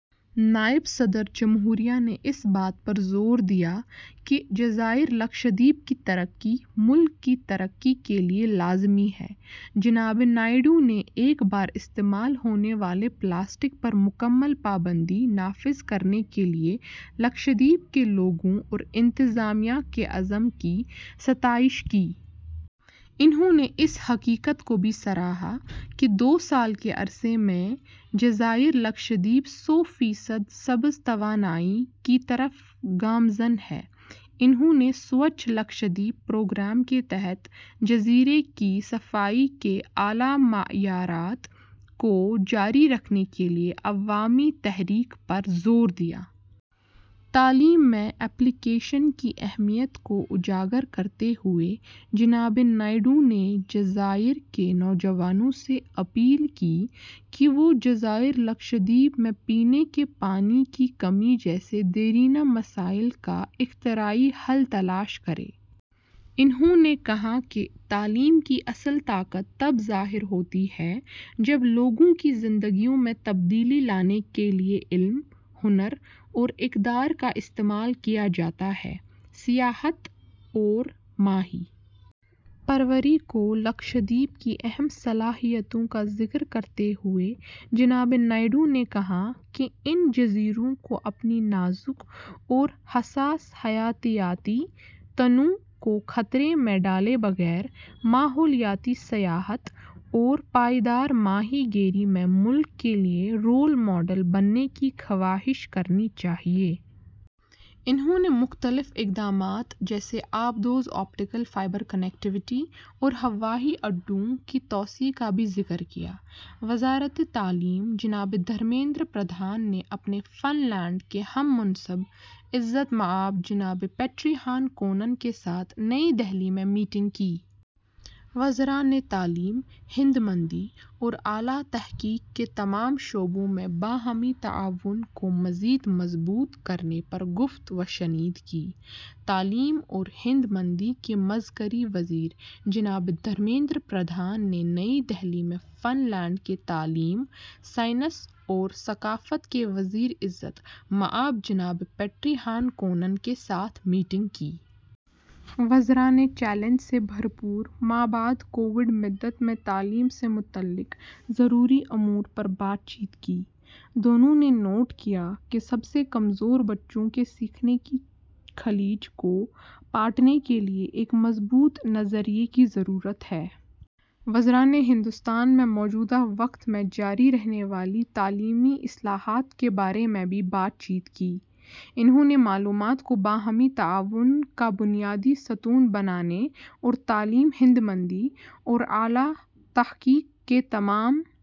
نائب صدر جمہوریہ نے اس بات پر زور دیا کہ جزائر لکشدیپ کی ترقی ملک کی ترقی کے لیے لازمی ہے۔ جناب نائیڈو نے ایک بار استعمال ہونے والے پلاسٹک پر مکمل پابندی نافذ کرنے کے لیے لکشدیپ کے لوگوں اور انتظامیہ کے عزم کی ستائش کی۔ انہوں نے اس حقیقت کو بھی سراہا کہ دو سال کے عرصے میں جزائر لکشدیپ سو فیصد سبز توانائی کی طرف گامزن ہیں۔ انہوں نے ’سوچھ لکشدیپ‘ پروگرام کے تحت جزیرے کی صفائی کے اعلیٰ معیارات کو جاری رکھنے کے لیے عوامی تحریک پر زور دیا۔ تعلیم میں ’اپلی کیشن‘ کی اہمیت کو اجاگر کرتے ہوئے، جناب نائیڈو نے جزائر کے نوجوانوں سے اپیل کی کہ وہ جزائر لکشدیپ میں پینے کے پانی کی کمی جیسے دیرینہ مسائل کا اختراعی حل تلاش کریں۔ انہوں نے کہا کہ ’’تعلیم کی اصل طاقت تب ظاہر ہوتی ہے جب لوگوں کی زندگیوں میں تبدیلی لانے کے لیے علم، ہنر اور اقدار کا استعمال کیا جاتا ہے۔‘‘ سیاحت اور ماہی پروری کو لکشدیپ کی اہم صلاحیتوں کا ذکر کرتے ہوئے جناب نائیڈو نے کہا کہ ان جزیروں کو اپنی نازک اور حساس حیاتیاتی تنوع کو خطرے میں ڈالے بغیر، ماحولیاتی سیاحت اور پائیدار ماہی گیری میں ملک کے لیے رول ماڈل بننے کی خواہش کرنی چاہیے۔ انہوں نے مختلف اقدامات جیسے آبدوز آپٹیکل فائبر کنیکٹیویٹی اور ہوائی اڈوں کی توسیع کا بھی ذکر کیا۔ وزارتِ تعلیم جناب دھرمیندر پردھان نے اپنے فن لینڈ کے ہم منصب عزت مآب جناب پیٹری ہان کونن کے ساتھ نئی دہلی میں میٹنگ کی۔ وزراء نے تعلیم، ہنرمندی اور اعلیٰ تحقیق کے تمام شعبوں میں باہمی تعاون کو مزید مضبوط کرنے پر گفت و شنید کی۔ تعلیم اور ہنرمندی کے مرکزی وزیر جناب دھرمیندر پردھان نے نئی دہلی میں فن لینڈ کے تعلیم، سائنس اور ثقافت کے وزیر عزت مآب جناب پیٹری ہان کونن کے ساتھ میٹنگ کی۔ وزراء نے چیلنج سے بھرپور مابعد کووڈ مدت میں تعلیم سے متعلق ضروری امور پر بات چیت کی۔ دونوں نے نوٹ کیا کہ سب سے کمزور بچوں کے سیکھنے کی خلیج کو پاٹنے کے لیے ایک مضبوط نظریے کی ضرورت ہے۔ وزراء نے ہندوستان میں موجودہ وقت میں جاری رہنے والی تعلیمی اصلاحات کے بارے میں بھی بات چیت کی۔ انہوں نے معلومات کو باہمی تعاون کا بنیادی ستون بنانے اور تعلیم، ہنرمندی اور اعلیٰ تحقیق کے تمام